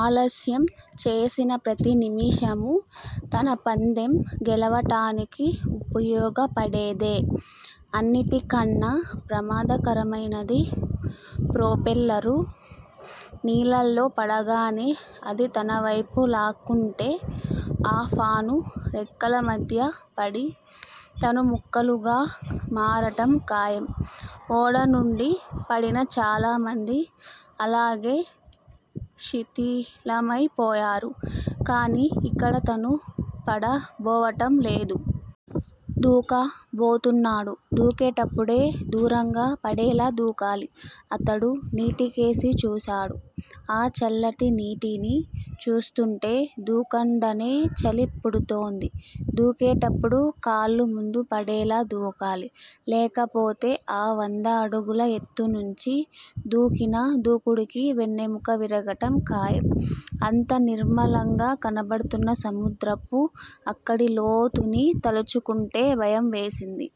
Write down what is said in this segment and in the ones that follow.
ఆలస్యం చేసిన ప్రతి నిమిషమూ తన పందెం గెలవటానికి ఉపయోగపడేదే! అన్నిటికన్నా ప్రమాదకరమైనది ప్రోపెల్లరు. నీళ్ళల్లో పడగానే అది తనవైపు లాక్కుంటే, ఆ ఫాను రెక్కలమధ్య పడి తను ముక్కలుగా మారటం ఖాయం. ఓడనుండి పడిన చాలా మంది, అలాగే శిథిలమైపోయారు. కానీ ఇక్కడ తను 'పడ' బోవటం లేదు. 'దూక' బోతున్నాడు. దూకేటప్పుడే దూరంగా పడేలా దూకాలి. అతడు నీటికేసి చూశాడు. ఆ చల్లటి నీటిని చూస్తూంటే దూక్కండనే చలి పుడుతోంది. దూకేటప్పుడు కాళ్ళు ముందు పడేలా దూకాలి. లేకపోతే ఆ వంద అడుగుల ఎత్తునుంచి దూకిన దూకుడుకి వెన్నెముక విరగటం ఖాయం. అంత నిర్మలంగా కనబడుతున్న సముద్రపు అక్కడి లోతుని తలుచుకుంటే భయం వేసింది.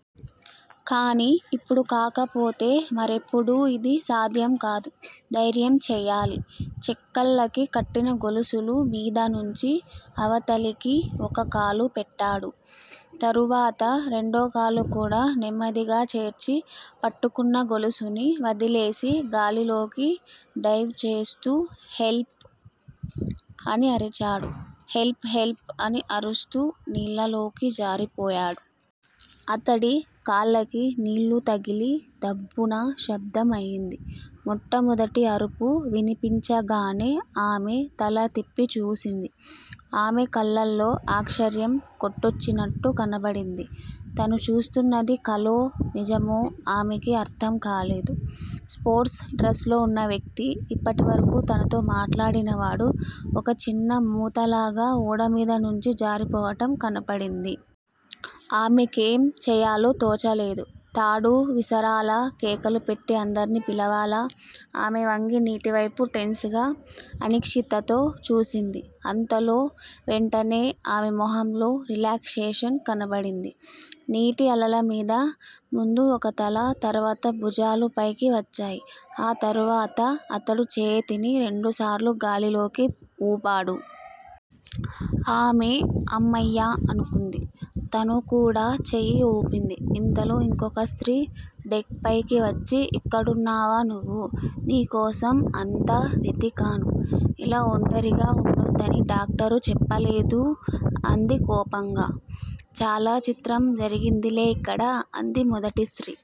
కానీ ఇప్పుడు కాకపోతే మరెప్పుడూ యిది సాధ్యం కాదు. ధైర్యం చెయ్యాలి. చెక్కలకి కట్టిన గొలుసులు మీదనుంచి అవతలికి ఒక కాలు పెట్టాడు. తరువాత రెండోకాలుకూడా నెమ్మదిగా చేర్చి, పట్టుకున్న గొలుసుని వదిలేసి గాలిలోకి డైవ్ చేస్తూ, హెల్ప్! అని అరిచాడు. హెల్ప్! హెల్ప్! అని అరుస్తూ నీళ్ళలోకి జారిపోయాడు. అతడి కాళ్ళకి నీళ్ళు తగిలి దబ్బున శబ్దం అయింది. మొట్టమొదటి అరుపు వినిపించగానే ఆమె తల తిప్పి చూసింది. ఆమె కళ్ళల్లో ఆశ్చర్యం కొట్టొచ్చినట్టు కనబడింది. తను చూస్తున్నది కలో. నిజమో ఆమెకి అర్థంకాలేదు. స్పోర్ట్స్ డ్రెస్ లో వున్న వ్యక్తి, ఇప్పటివరకూ తనతో మాట్లాడినవాడు ఒక చిన్న మూతలాగా ఓడ మీదనుంచి జారిపోవటం కనపడింది. ఆమెకేం చెయ్యాలో తోచలేదు. తాడు విసరాలా, కేకలు పెట్టి అందర్నీ పిలవాలా? ఆమె వంగి నీటివైపు టెన్స్ గా, అనిశ్చితతో చూసింది. అంతలో వెంటనే ఆమె మొహంలో రిలాక్సేషన్ కనబడింది. నీటి అలలమీద ముందు ఒక తల, తరువాత భూజాలూ పైకి వచ్చాయి. ఆ తరువాత అతడు చేతిని రెండుసార్లు గాలిలోకి వూపాడు. ఆమె అమ్మయ్య అనుకుంది. తను కూడా చెయ్యి వూపింది. ఇంతలో ఇంకొక స్త్రీ, డెక్ పైకి వచ్చి ఇక్కడున్నావా నువ్వు? నీ కోసం అంతా వెతికాను. ఇలా ఒంటరిగా ఉండొద్దని డాక్టరు చెప్పలేదూ అంది కోపంగా. చాలా చిత్రం జరిగిందిలే ఇక్కడ అంది మొదటి స్త్రీ.